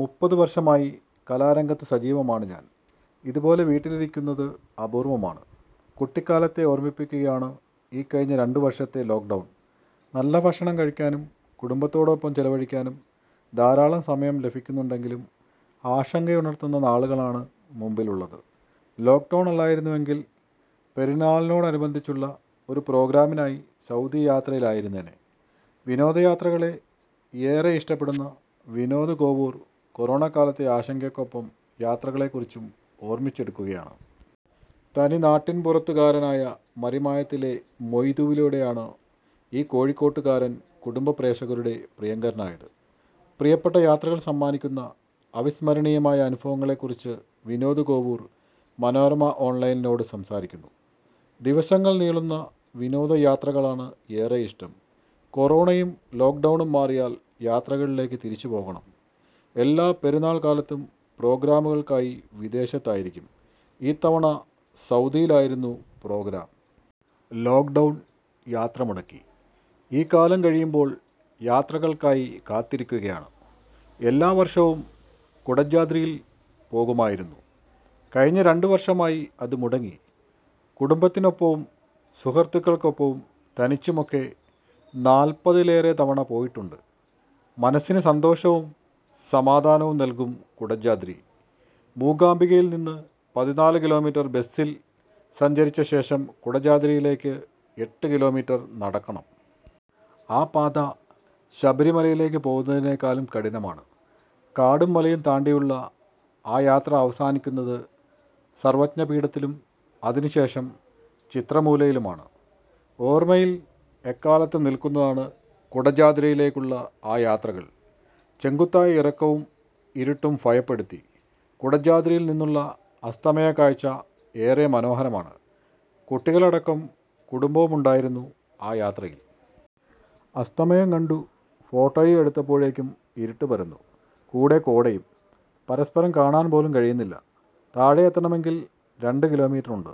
മുപ്പതു വർഷമായി കലാരംഗത്ത് സജീവമാണ് ഞാൻ. ഇതുപോലെ വീട്ടിലിരിക്കുന്നത് അപൂർവമാണ്. കുട്ടിക്കാലത്തെ ഓർമിപ്പിക്കുകയാണ് ഇക്കഴിഞ്ഞ രണ്ടു വർഷത്തെ ലോക്ഡൗൺ. നല്ല ഭക്ഷണം കഴിക്കാനും കുടുംബത്തോടൊപ്പം ചെലവഴിക്കാനും ധാരാളം സമയം ലഭിക്കുന്നുണ്ടെങ്കിലും ആശങ്കയുണർത്തുന്ന നാളുകളാണ് മുമ്പിലുള്ളത്. ലോക്ഡൗൺ അല്ലായിരുന്നുവെങ്കിൽ പെരുന്നാളിനോടനുബന്ധിച്ചുള്ള ഒരു പ്രോഗ്രാമിനായി സൗദി യാത്രയിലായിരുന്നേനേ. വിനോദയാത്രകളെ ഏറെ ഇഷ്ടപ്പെടുന്ന വിനോദ് കോവൂർ കൊറോണക്കാലത്തെ ആശങ്കയ്ക്കൊപ്പം യാത്രകളെക്കുറിച്ചും ഓർമിച്ചെടുക്കുകയാണ്. തനിനാട്ടിൻപുറത്തുകാരനായ മറിമായത്തിലെ മൊയ്തുവിലൂടെയാണ് ഈ കോഴിക്കോട്ടുകാരൻ കുടുംബ പ്രേക്ഷകരുടെ പ്രിയങ്കരനായത്. പ്രിയപ്പെട്ട യാത്രകൾ സമ്മാനിക്കുന്ന അവിസ്മരണീയമായ അനുഭവങ്ങളെക്കുറിച്ച് വിനോദ് കോവൂർ മനോരമ ഓൺലൈനിനോട് സംസാരിക്കുന്നു. ദിവസങ്ങൾ നീളുന്ന വിനോദയാത്രകളാണ് ഏറെയിഷ്ടം. കൊറോണയും ലോക്ഡൗണും മാറിയാൽ യാത്രകളിലേക്ക് തിരിച്ചു പോകണം. എല്ലാ പെരുന്നാൾ കാലത്തും പ്രോഗ്രാമുകൾക്കായി വിദേശത്തായിരിക്കും. ഇത്തവണ സൗദിയിലായിരുന്നു പ്രോഗ്രാം. ലോക്ഡൗൺ യാത്ര മുടക്കി. ഈ കാലം കഴിയുമ്പോൾ യാത്രകൾക്കായി കാത്തിരിക്കുകയാണ്. എല്ലാ വർഷവും കുടജാദ്രിയിൽ പോകുമായിരുന്നു. കഴിഞ്ഞ രണ്ടു വർഷമായി അതു മുടങ്ങി. കുടുംബത്തിനൊപ്പവും സുഹൃത്തുക്കൾക്കൊപ്പവും തനിച്ചുമൊക്കെ നാൽപതിലേറെ തവണ പോയിട്ടുണ്ട്. മനസ്സിനു സന്തോഷവും സമാധാനവും നൽകും കുടജാദ്രി. മൂകാംബികയിൽനിന്ന് പതിനാലു കിലോമീറ്റർ ബസിൽ സഞ്ചരിച്ച ശേഷം കുടജാദ്രിയിലേക്ക് എട്ടു കിലോമീറ്റർ നടക്കണം. ആ പാത ശബരിമലയിലേക്ക് പോകുന്നതിനേക്കാളും കഠിനമാണ്. കാടും മലയും താണ്ടിയുള്ള ആ യാത്ര അവസാനിക്കുന്നത് സർവജ്ഞ പീഠത്തിലും അതിനുശേഷം ചിത്രമൂലയിലുമാണ്. ഓർമയിൽ എക്കാലത്തും നിൽക്കുന്നതാണ് കുടജാദ്രിയിലേക്കുള്ള ആ യാത്രകൾ. ചെങ്കുത്തായ ഇറക്കവും ഇരുട്ടും ഭയപ്പെടുത്തി. കുടജാദ്രിയിൽ നിന്നുള്ള അസ്തമയക്കാഴ്ച ഏറെ മനോഹരമാണ്. കുട്ടികളടക്കം കുടുംബവുമുണ്ടായിരുന്നു ആ യാത്രയിൽ. അസ്തമയം കണ്ടു, ഫോട്ടോയും എടുത്തപ്പോഴേക്കും ഇരുട്ട് പരന്നു, കൂടെ കോടയും. പരസ്പരം കാണാൻ പോലും കഴിയുന്നില്ല. താഴെയെത്തണമെങ്കിൽ രണ്ടു കിലോമീറ്ററുണ്ട്.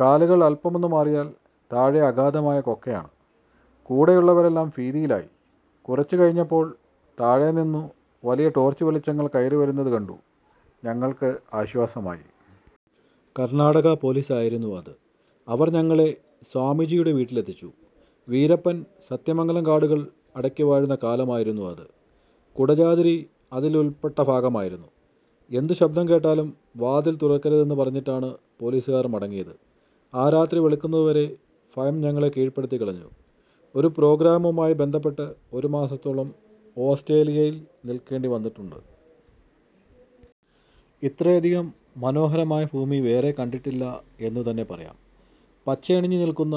കാലുകൾ അൽപമൊന്നു മാറിയാൽ താഴെ അഗാധമായ കൊക്കയാണ്. കൂടെയുള്ളവരെല്ലാം ഭീതിയിലായി. കുറച്ചു കഴിഞ്ഞപ്പോൾ താഴെനിന്നു വലിയ ടോർച്ച് വെളിച്ചങ്ങൾ കയറി വരുന്നതു കണ്ടു. ഞങ്ങൾക്ക് ആശ്വാസമായി. കർണാടക പൊലീസ് ആയിരുന്നു അത്. അവർ ഞങ്ങളെ സ്വാമിജിയുടെ വീട്ടിലെത്തിച്ചു. വീരപ്പൻ സത്യമംഗലം കാടുകൾ അടക്കിവാഴുന്ന കാലമായിരുന്നു അത്. കുടജാദ്രി അതിലുൾപ്പെട്ട ഭാഗമായിരുന്നു. എന്തു ശബ്ദം കേട്ടാലും വാതിൽ തുറക്കരുതെന്നു പറഞ്ഞിട്ടാണ് പൊലീസുകാർ മടങ്ങിയത്. ആ രാത്രി വെളുക്കുന്നതുവരെ ഭയം ഞങ്ങളെ കീഴ്പ്പെടുത്തിക്കളഞ്ഞു. ഒരു പ്രോഗ്രാമുമായി ബന്ധപ്പെട്ട് ഒരു മാസത്തോളം ഓസ്ട്രേലിയയിൽ നിൽക്കേണ്ടി വന്നിട്ടുണ്ട്. ഇത്രയധികം മനോഹരമായ ഭൂമി വേറെ കണ്ടിട്ടില്ല എന്നുതന്നെ പറയാം. പച്ചയണിഞ്ഞു നിൽക്കുന്ന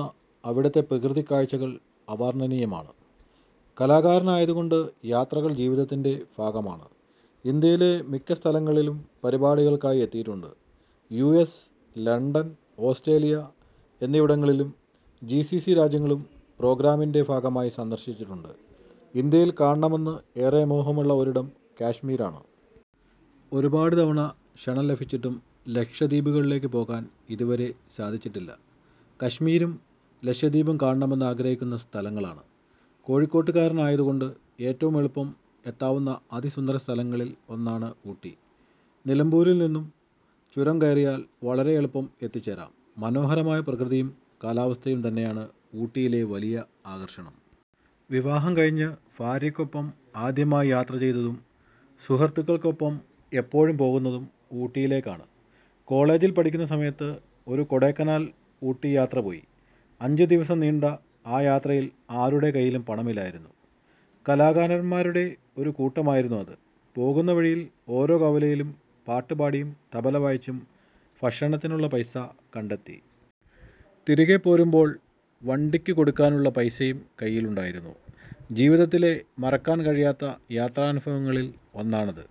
അവിടുത്തെ പ്രകൃതിക്കാഴ്ചകൾ അവാർണനീയമാണ്. കലാകാരനായതുകൊണ്ട് യാത്രകൾ ജീവിതത്തിൻ്റെ ഭാഗമാണ്. ഇന്ത്യയിലെ മിക്ക സ്ഥലങ്ങളിലും പരിപാടികൾക്കായി എത്തിയിട്ടുണ്ട്. യുഎസ്, ലണ്ടൻ, ഓസ്ട്രേലിയ എന്നിവിടങ്ങളും ജിസിസി രാജ്യങ്ങളും പ്രോഗ്രാമിൻ്റെ ഭാഗമായി സന്ദർശിച്ചിട്ടുണ്ട്. ഇന്ത്യയിൽ കാണണമെന്ന് ഏറെ മോഹമുള്ള ഒരിടം കശ്മീരാണ്. ഒരുപാട് തവണ ക്ഷണം ലഭിച്ചിട്ടും ലക്ഷദ്വീപുകളിലേക്ക് പോകാൻ ഇതുവരെ സാധിച്ചിട്ടില്ല. കശ്മീരും ലക്ഷദ്വീപും കാണണമെന്ന് ആഗ്രഹിക്കുന്ന സ്ഥലങ്ങളാണ്. കോഴിക്കോട്ടുകാരനായതുകൊണ്ട് ഏറ്റവും എളുപ്പം എത്താവുന്ന അതിസുന്ദര സ്ഥലങ്ങളിൽ ഒന്നാണ് ഊട്ടി. നിലമ്പൂരിൽനിന്നു ചുരം കയറിയാൽ വളരെ എളുപ്പം എത്തിച്ചേരാം. മനോഹരമായ പ്രകൃതിയും കാലാവസ്ഥയും തന്നെയാണ് ഊട്ടിയിലെ വലിയ ആകർഷണം. വിവാഹം കഴിഞ്ഞ് ഭാര്യക്കൊപ്പം ആദ്യമായി യാത്ര ചെയ്തതും സുഹൃത്തുക്കൾക്കൊപ്പം എപ്പോഴും പോകുന്നതും ഊട്ടിയിലേക്കാണ്. കോളജിൽ പഠിക്കുന്ന സമയത്ത് ഒരു കൊടൈക്കനാൽ ഊട്ടി യാത്ര പോയി. അഞ്ചു ദിവസം നീണ്ട ആ യാത്രയിൽ ആരുടെ കൈയിലും പണമില്ലായിരുന്നു. കലാകാരന്മാരുടെ ഒരു കൂട്ടമായിരുന്നു അത്. പോകുന്ന വഴിയിൽ ഓരോ കവലയിലും പാട്ടുപാടിയും തബല വായിച്ചും ഭക്ഷണത്തിനുള്ള പൈസ കണ്ടെത്തി. തിരികെ പോരുമ്പോൾ വണ്ടിക്കു കൊടുക്കാനുള്ള പൈസയും കൈയിലുണ്ടായിരുന്നു. ജീവിതത്തിലെ മറക്കാൻ കഴിയാത്ത യാത്രാനുഭവങ്ങളിൽ ഒന്നാണത്.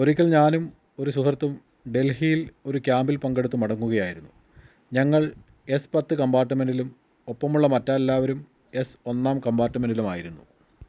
ഒരിക്കൽ ഞാനും ഒരു സുഹൃത്തും ഡൽഹിയിൽ ഒരു ക്യാംപിൽ പങ്കെടുത്തു മടങ്ങുകയായിരുന്നു. ഞങ്ങൾ എസ് പത്ത് കമ്പാർട്ട്മെന്റിലും ഒപ്പമുള്ള മറ്റെല്ലാവരും എസ് ഒന്നാം കമ്പാർട്ട്മെന്റിലുമായിരുന്നു.